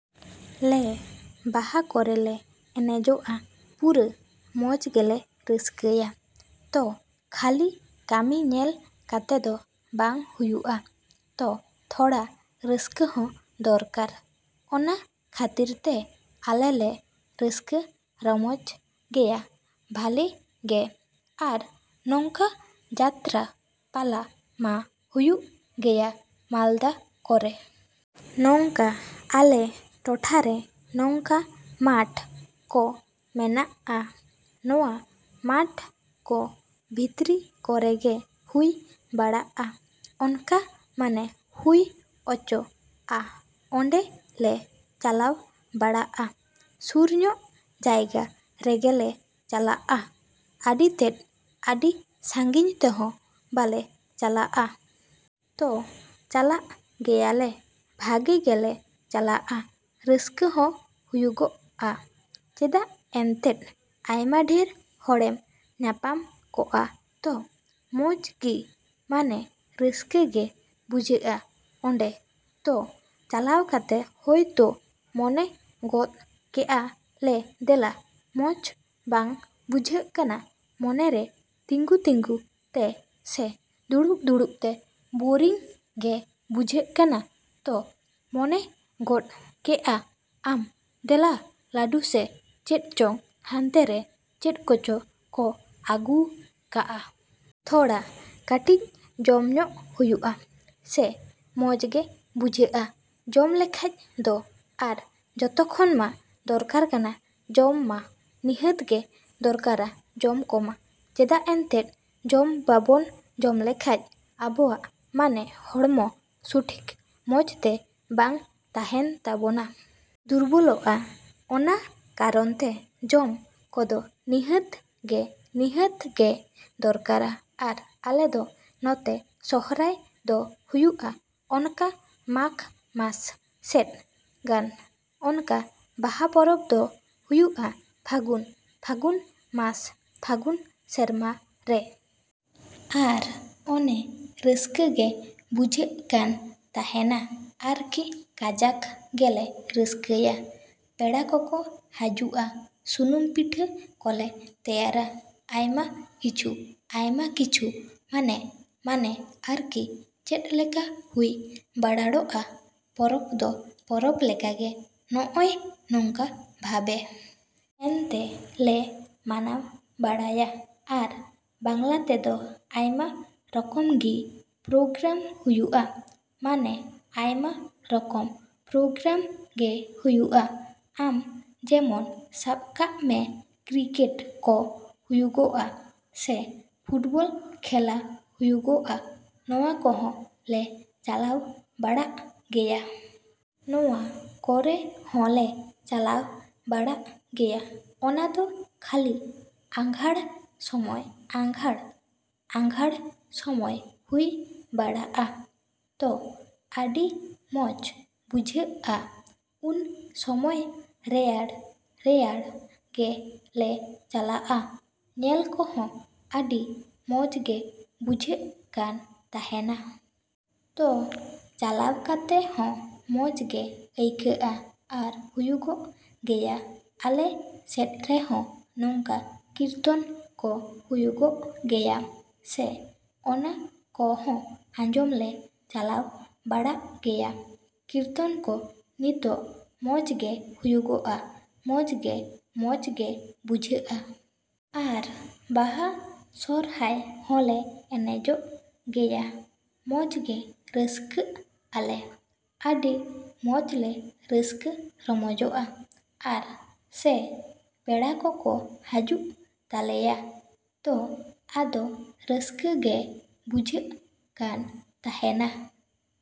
ᱞᱮ ᱵᱟᱦᱟ ᱠᱚᱨᱮ ᱞᱮ ᱮᱱᱮᱡᱚᱜᱼᱟ, ᱯᱩᱨᱟᱹ ᱢᱚᱡᱽ ᱜᱮᱞᱮ ᱨᱟᱹᱥᱠᱟᱹᱭᱼᱟ᱾ ᱛᱚ, ᱠᱷᱟᱹᱞᱤ ᱠᱟᱹᱢᱤ ᱧᱮᱞ ᱠᱟᱛᱮ ᱫᱚ ᱵᱟᱝ ᱦᱩᱭᱩᱜᱼᱟ ᱛᱚ, ᱛᱷᱚᱲᱟ ᱨᱟᱹᱥᱠᱟᱹ ᱦᱚᱸ ᱫᱚᱨᱠᱟᱨ᱾ ᱚᱱᱟ ᱠᱷᱟᱹᱛᱤᱨ ᱛᱮ ᱟᱞᱮ ᱞᱮ ᱨᱟᱹᱥᱠᱟᱹ ᱨᱚᱢᱚᱡ ᱜᱮᱭᱟ ᱵᱷᱟᱞᱮ ᱜᱮ᱾ ᱟᱨ ᱱᱚᱝᱠᱟ ᱡᱟᱛᱨᱟ ᱯᱟᱞᱟ ᱢᱟ ᱦᱩᱭᱩᱜ ᱜᱮᱭᱟ ᱢᱟᱞᱫᱟ ᱠᱚᱨᱮ᱾ ᱱᱚᱝᱠᱟ ᱟᱞᱮ ᱴᱚᱴᱷᱟ ᱨᱮ ᱱᱚᱝᱠᱟ ᱢᱟᱴᱷ ᱠᱚ ᱢᱮᱱᱟᱜᱼᱟ᱾ ᱱᱚᱣᱟ ᱢᱟᱴᱷ ᱠᱚ ᱵᱷᱤᱛᱨᱤ ᱠᱚᱨᱮ ᱜᱮ ᱦᱩᱭ ᱵᱟᱲᱟᱜᱼᱟ ᱚᱱᱠᱟ ᱢᱟᱱᱮ ᱦᱩᱭ ᱚᱪᱚ. ᱟ, ᱚᱸᱰᱮ ᱞᱮ ᱪᱟᱞᱟᱣ ᱵᱟᱲᱟᱜᱼᱟ᱾ ᱥᱩᱨ ᱧᱚᱜ ᱡᱟᱭᱜᱟ ᱨᱮᱜᱮᱞᱮ ᱪᱟᱞᱟᱜᱼᱟ ᱟᱹᱰᱤ ᱛᱮᱫ, ᱟᱹᱰᱤ ᱥᱟᱺᱜᱤᱧ ᱛᱮᱦᱚᱸ ᱵᱟᱞᱮ ᱪᱟᱞᱟᱜᱼᱟ᱾ ᱛᱚ, ᱪᱟᱞᱟᱜ ᱜᱮᱭᱟ ᱞᱮ ᱵᱷᱟᱜᱮ ᱜᱮᱞᱮ ᱪᱟᱞᱟᱜᱼᱟ, ᱨᱟᱹᱥᱠᱟᱹ ᱦᱚᱸ ᱦᱩᱭᱩᱜᱚᱜᱼᱟ᱾ ᱪᱮᱫᱟᱜ ᱮᱱᱛᱮᱫ ᱟᱭᱢᱟ ᱰᱷᱮᱨ ᱦᱚᱲᱮᱢ ᱧᱟᱯᱟᱢ ᱠᱚᱜᱼᱟ ᱛᱚ᱾ ᱢᱚᱡᱽ ᱜᱤ ᱢᱟᱱᱮ ᱨᱟᱹᱥᱠᱟᱹ ᱜᱮ ᱵᱩᱡᱷᱟᱹᱜᱼᱟ ᱚᱸᱰᱮ᱾ ᱛᱚ, ᱪᱟᱞᱟᱣ ᱠᱟᱛᱮ ᱦᱳᱭᱛᱳ ᱢᱚᱱᱮ ᱜᱚᱫ ᱠᱮᱜᱼᱟ ᱞᱮ ᱫᱮᱞᱟ ᱢᱚᱡᱽ ᱵᱟᱝ ᱵᱩᱡᱷᱟᱹᱜ ᱠᱟᱱᱟ ᱢᱚᱱᱮ ᱨᱮ ᱛᱤᱸᱜᱩ ᱛᱤᱸᱜᱩ ᱛᱮ ᱥᱮ ᱫᱩᱲᱩᱵ ᱫᱩᱲᱩᱵ ᱛᱮ ᱵᱳᱨᱤᱝ ᱜᱮ ᱵᱩᱡᱷᱟᱹᱜ ᱠᱟᱱᱟ ᱛᱚ, ᱢᱚᱱᱮ ᱜᱚᱫ ᱠᱮᱜᱼᱟ ᱟᱢ ᱫᱮᱞᱟ ᱞᱟᱹᱰᱩ ᱥᱮ ᱪᱮᱫ ᱪᱚᱝ ᱦᱟᱱᱛᱮ ᱨᱮ ᱪᱮᱫ ᱠᱚᱪᱚ ᱠᱚ ᱟᱹᱜᱩᱣ ᱠᱟᱜᱼᱟ? ᱛᱷᱚᱲᱟ ᱠᱟᱹᱴᱤᱡ ᱡᱚᱢ ᱧᱚᱜᱽ ᱦᱩᱭᱩᱜᱼᱟ ᱥᱮ ᱢᱚᱡᱽ ᱜᱮ ᱵᱩᱡᱷᱟᱹᱜᱼᱟ ᱡᱚᱢ ᱞᱮᱠᱷᱟᱡ ᱫᱚ᱾ ᱟᱨ ᱡᱚᱛᱚ ᱠᱷᱚᱱ ᱢᱟ ᱫᱚᱨᱠᱟᱨ ᱠᱟᱱᱟ ᱡᱚᱢ ᱢᱟ ᱱᱤᱦᱟᱹᱛ ᱜᱮ ᱫᱚᱨᱠᱟᱨᱟ ᱡᱚᱢ ᱠᱚᱢᱟ᱾ ᱪᱮᱫᱟᱜ ᱮᱱᱛᱮᱫ ᱡᱚᱢ ᱵᱟᱵᱚᱱ ᱡᱚᱢ ᱞᱮᱠᱷᱟᱡ ᱟᱵᱚᱣᱟᱜ ᱢᱟᱱᱮ ᱦᱚᱲᱢᱚ ᱥᱚᱴᱷᱤᱠ ᱢᱚᱡᱽ ᱛᱮ ᱵᱟᱝ ᱛᱟᱦᱮᱱ ᱛᱟᱵᱚᱱᱟ᱾ ᱫᱩᱨᱵᱚᱞᱚᱜᱼᱟ, ᱾ ᱚᱱᱟ ᱠᱟᱨᱚᱱ ᱛᱮ ᱡᱚᱢ ᱠᱚᱫᱚ ᱱᱤᱦᱟᱹᱛ ᱜᱮ, ᱱᱤᱦᱟᱹᱛ ᱜᱮ ᱫᱚᱨᱠᱟᱨᱟ᱾ ᱟᱨ ᱟᱞᱮ ᱫᱚ ᱱᱚᱛᱮ ᱥᱚᱦᱨᱟᱭ ᱫᱚ ᱦᱩᱭᱩᱜᱼᱟ ᱚᱱᱠᱟ ᱢᱟᱜᱽ ᱢᱟᱥ ᱥᱮᱫ ᱜᱟᱱ᱾ ᱚᱱᱠᱟ ᱵᱟᱦᱟ ᱯᱚᱨᱚᱵᱽ ᱫᱚ ᱦᱩᱭᱩᱜᱼᱟ ᱯᱷᱟᱹᱜᱩᱱ, ᱯᱷᱟᱹᱜᱩᱱ ᱢᱟᱥ ᱯᱷᱟᱹᱜᱩᱱ ᱥᱮᱨᱢᱟ ᱨᱮ᱾ ᱟᱨ ᱚᱱᱮ ᱨᱟᱹᱥᱠᱟᱹ ᱜᱮ ᱵᱩᱡᱷᱟᱹᱜ ᱠᱟᱱ ᱛᱟᱦᱮᱱᱟ ᱟᱨᱠᱤ ᱠᱟᱡᱟᱠ ᱜᱮᱞᱮ ᱨᱟᱹᱥᱠᱟᱹᱭᱟ᱾ ᱯᱮᱲᱟ ᱠᱚᱠᱚ ᱦᱟᱡᱩᱜᱼᱟ ᱥᱩᱱᱩᱢ ᱯᱤᱴᱷᱟᱹ ᱠᱚᱞᱮ ᱛᱮᱭᱟᱨᱟ᱾ ᱟᱭᱢᱟ ᱠᱤᱪᱷᱩ, ᱟᱭᱢᱟ ᱠᱤᱪᱷᱩ ᱢᱟᱱᱮ, ᱢᱟᱱᱮ ᱟᱨᱠᱤ ᱪᱮᱫᱞᱮᱠᱟ ᱦᱩᱭ ᱵᱟᱲᱟᱲᱜᱼᱟ᱾ ᱯᱚᱨᱚᱵᱽ ᱫᱚ ᱯᱚᱨᱚᱵᱽ ᱞᱮᱠᱟᱜᱮ ᱱᱚᱜᱼᱚᱸᱭ ᱱᱚᱝᱠᱟ ᱵᱷᱟᱵᱮ᱾ ᱮᱱᱛᱮ ᱞᱮ ᱢᱟᱱᱟᱣ ᱵᱟᱲᱟᱭᱟ᱾ ᱟᱨ ᱵᱟᱝᱞᱟ ᱛᱮᱫᱚ ᱟᱭᱢᱟ ᱨᱚᱠᱚᱢ ᱜᱤ ᱯᱨᱳᱜᱨᱟᱢ ᱦᱩᱭᱩᱜᱼᱟ᱾ ᱢᱟᱱᱮ ᱟᱭᱢᱟ ᱨᱚᱠᱚᱢ ᱯᱨᱳᱜᱨᱟᱢ ᱜᱮ ᱦᱩᱭᱩᱜᱼᱟ᱾ ᱟᱢ ᱡᱮᱢᱚᱱ ᱥᱟᱵ ᱠᱟᱜ ᱢᱮ ᱠᱨᱤᱠᱮᱴ ᱠᱚ ᱦᱩᱭᱩᱜᱚᱜᱼᱟ ᱥᱮ ᱯᱷᱩᱴᱵᱚᱞ ᱠᱷᱮᱞᱟ ᱦᱩᱭᱩᱜᱚᱜᱼᱟ, ᱱᱚᱣᱟ ᱠᱚᱦᱚᱸᱞᱮ ᱪᱟᱞᱟᱣ ᱵᱟᱲᱟᱜ ᱜᱮᱭᱟ᱾ ᱱᱚᱣᱟ ᱠᱚᱨᱮ ᱦᱚᱸᱞᱮ ᱪᱟᱞᱟᱣ ᱵᱟᱲᱟᱜ ᱜᱮᱭᱟ᱾ ᱚᱱᱟ ᱫᱚ ᱠᱷᱟᱹᱞᱤ ᱟᱸᱜᱷᱟᱸᱬ ᱥᱚᱢᱚᱭ ᱟᱸᱜᱷᱟᱸᱬ, ᱟᱸᱜᱷᱟᱬ ᱥᱚᱢᱚᱭ ᱦᱩᱭ ᱵᱟᱲᱟᱜᱼᱟ᱾ ᱛᱚ, ᱟᱹᱰᱤ ᱢᱚᱡᱽ ᱵᱩᱡᱷᱟᱹᱜᱼᱟ ᱩᱱ ᱥᱚᱢᱚᱭ ᱨᱮᱭᱟᱲ, ᱨᱮᱭᱟᱲ ᱜᱮ ᱞᱮ ᱪᱟᱞᱟᱜᱼᱟ᱾ ᱧᱮᱞ ᱠᱚᱦᱚᱸ ᱟᱹᱰᱤ ᱢᱚᱡᱽ ᱜᱮ ᱵᱩᱡᱷᱟᱹᱜ ᱠᱟᱱ ᱛᱟᱦᱮᱱᱟ᱾ ᱛᱚ, ᱪᱟᱞᱟᱣ ᱠᱟᱛᱮ ᱦᱚᱸ ᱢᱚᱡᱽ ᱜᱮ ᱟᱹᱭᱠᱟᱹᱜᱼᱟ᱾ ᱟᱨ ᱦᱩᱭᱩᱜᱚᱜ ᱜᱮᱭᱟ ᱟᱞᱮ ᱥᱮᱫ ᱨᱮᱦᱚᱸ ᱱᱚᱝᱠᱟ ᱠᱤᱨᱛᱚᱱ ᱠᱚ ᱦᱩᱭᱩᱜᱚᱜ ᱜᱮᱭᱟ, ᱥᱮ ᱚᱱᱟ ᱠᱚᱦᱚᱸ ᱟᱸᱡᱚᱢ ᱞᱮ ᱪᱟᱞᱟᱣ ᱵᱟᱲᱟᱜ ᱜᱮᱭᱟ᱾ ᱠᱤᱨᱛᱚᱱ ᱠᱚ ᱱᱤᱛᱚᱜ ᱢᱚᱡᱽ ᱜᱮ ᱦᱩᱭᱩᱜᱚᱜᱼᱟ, ᱢᱚᱡᱽ ᱜᱮ ᱢᱚᱡᱽ ᱜᱮ ᱵᱩᱡᱷᱟᱹᱜᱼᱟ᱾ ᱟᱨ ᱵᱟᱦᱟ ᱥᱚᱨᱦᱟᱭ ᱦᱚᱸᱞᱮ ᱮᱱᱮᱡᱚᱜ ᱜᱮᱭᱟ ᱢᱚᱡᱽ ᱜᱮ ᱨᱟᱹᱥᱠᱟᱹᱜ ᱟᱞᱮ, ᱟᱹᱰᱤ ᱢᱚᱡᱽ ᱞᱮ ᱨᱟᱹᱥᱠᱟᱹ ᱨᱚᱢᱚᱡᱚᱜᱼᱟ᱾ ᱟᱨ ᱥᱮ ᱯᱮᱲᱟ ᱠᱚᱠᱚ ᱦᱟᱡᱩᱜ ᱛᱟᱞᱮᱭᱟ ᱛᱚ ᱟᱫᱚ ᱨᱟᱹᱥᱠᱟᱹ ᱜᱮ ᱵᱩᱡᱷᱟᱹᱜ ᱠᱟᱱ ᱛᱟᱦᱮᱱᱟ᱾।